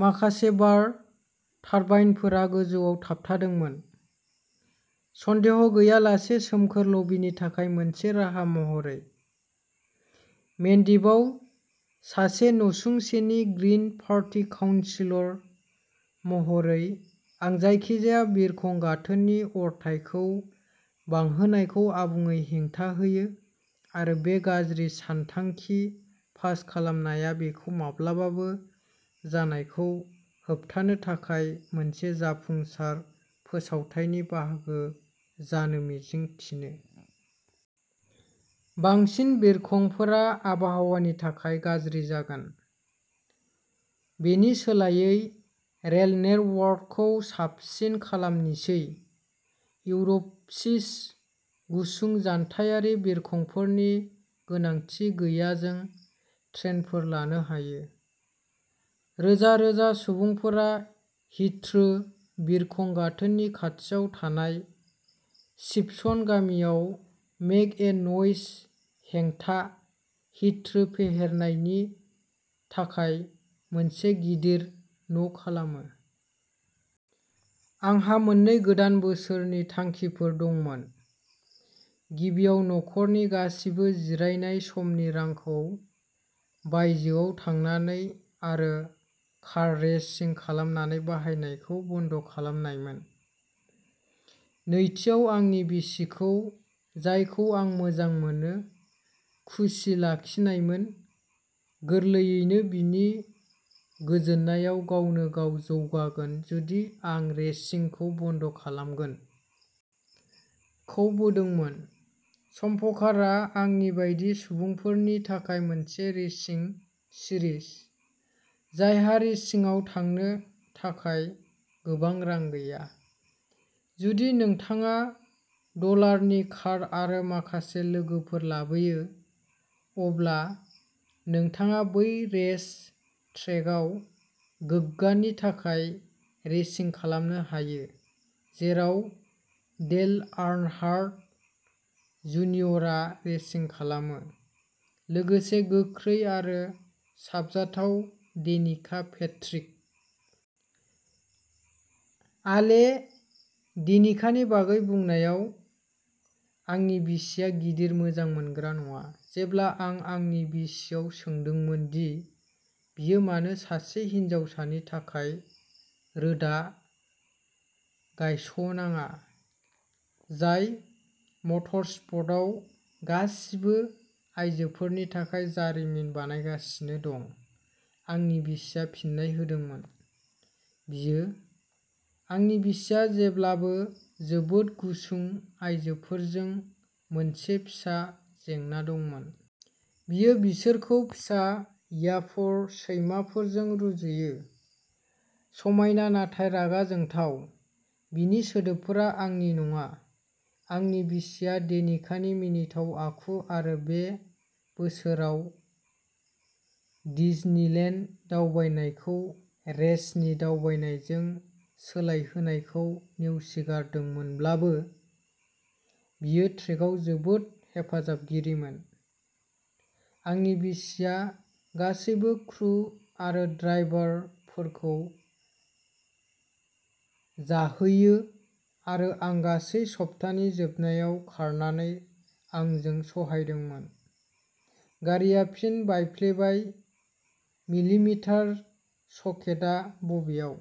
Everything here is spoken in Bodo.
माखासे बार टारबाइनफोरा गोजौआव थाबथादोंमोन, सन्देह गैयालासेनो सोमखोर लबिनि थाखाय मोनसे राहा महरै। मेन्डिपआव सासे नसुंसेनि ग्रिन पार्टी काउनसिलर महरै आं जायखिजाया बिरखं गाथोननि अरथाइखौ बांहोनायखौ आबुङै हेंथा होयो आरो बे गाज्रि सानथांखि पास खालामनाया बेखौ माब्लाबाबो जानायखौ होबथानो थाखाय मोनसे जाफुंसार फोसावथायनि बाहागो जानो मिजिं थिनो। बांसिन बिरखंफोरा आबहावानि थाखाय गाज्रि जागोन। बेनि सोलायै रेल नेटवर्कखौ साबसिन खालामनिसै। इउर'पसिम गुसुं जानथायारि बिरखंफोरनि गोनांथि गैयाजों ट्रेनफोर लानो हायो! रोजा रोजा सुबुंफोरा हिथ्रो बिरखं गाथोननि खाथियाव थानाय सिपसन गामियाव "मेक ए न'इज" हेंथा हिथ्रो फेहेरनायनि थाखाय मोनसे गिदिर "न'" खालामो। आंहा मोननै गोदान बोसोरनि थांखिफोर दंमोन। गिबिया नखरनि गासिबो जिरायनाय समनि रांखौ बायजोआव थांनानै आरो कार रेसिं खालामनानै बाहायनायखौ बन्द'खालामनायमोन। नैथिआ आंनि बिसिखौ, जायखौ आं मोजां मोनो, खुसि लाखिनायमोन। गोरलैयैनो, बिनि गोजोननाया गावनो गाव जौगागोन जुदि आं रेसिंखौ बन्द'खालामगोन। खौ बोदोंमोन। चम्पकारआ आंनि बायदि सुबुंफोरनि थाखाय मोनसे रेसिं सिरिज, जायहा रेसिंआव थांनो थाखाय गोबां रां गैया। जुदि नोंथाङा डलारनि कार आरो माखासे लोगोफोर लाबोयो, अब्ला नोंथाङा बै रेस ट्रेकआव गोग्गानि थाखाय रेसिं खालामनो हायो जेराव डेल आर्नहार्ड्ट, जुनियरआ रेसिं खालामो, लोगोसे गोख्रै आरो साबजाथाव डेनिका पैट्रिक। ओले डेनिकानि बागै बुंनायाव, आंनि बिसिआ गिदिर मोजां मोनग्रा नङा। जेब्ला आं आंनि बिसियाव सोंदोंमोन दि बियो मानो सासे हिनजावसानि थाखाय रोदा गायसनाङा जाय मटरस्प'र्टआव गासिबो आयजोफोरनि थाखाय जारिमिन बानायगासिनो दं, आंनि बिसिआ फिननाय होदोंमोन, "बियो "आंनि बिसिया जेब्लाबो जोबोद गुसुं आयजोफोरजों मोनसे फिसा जेंना दंमोन। बियो बिसोरखौ फिसा याप्पर सैमाफोरजों रुजुयो", समायना नाथाय रागा जोंथाव "-बिनि सोदोबफोरा आंनि नङा। आंनि बिसिया डेनिकानि मिनिथाव आखु आरो बे बोसोराव डिजनिलेन्ड दावबायनायखौ रेसनि दावबायनायजों सोलायहोनायखौ नेवसिदोंमोनब्लाबो, बियो ट्रेकआव जोबोद हेफाजाबगिरिमोन। आंनि बिसिया गासैबो क्रु आरो ड्राइभारफोरखौ जाहैयो आरो आं गासै सप्तानि जोबनायाव खारनानै आंजों सहायदोंमोन," गारिआ फिन बायफ्लेबाय, मिलिमिटार सकेटआ बबेयाव!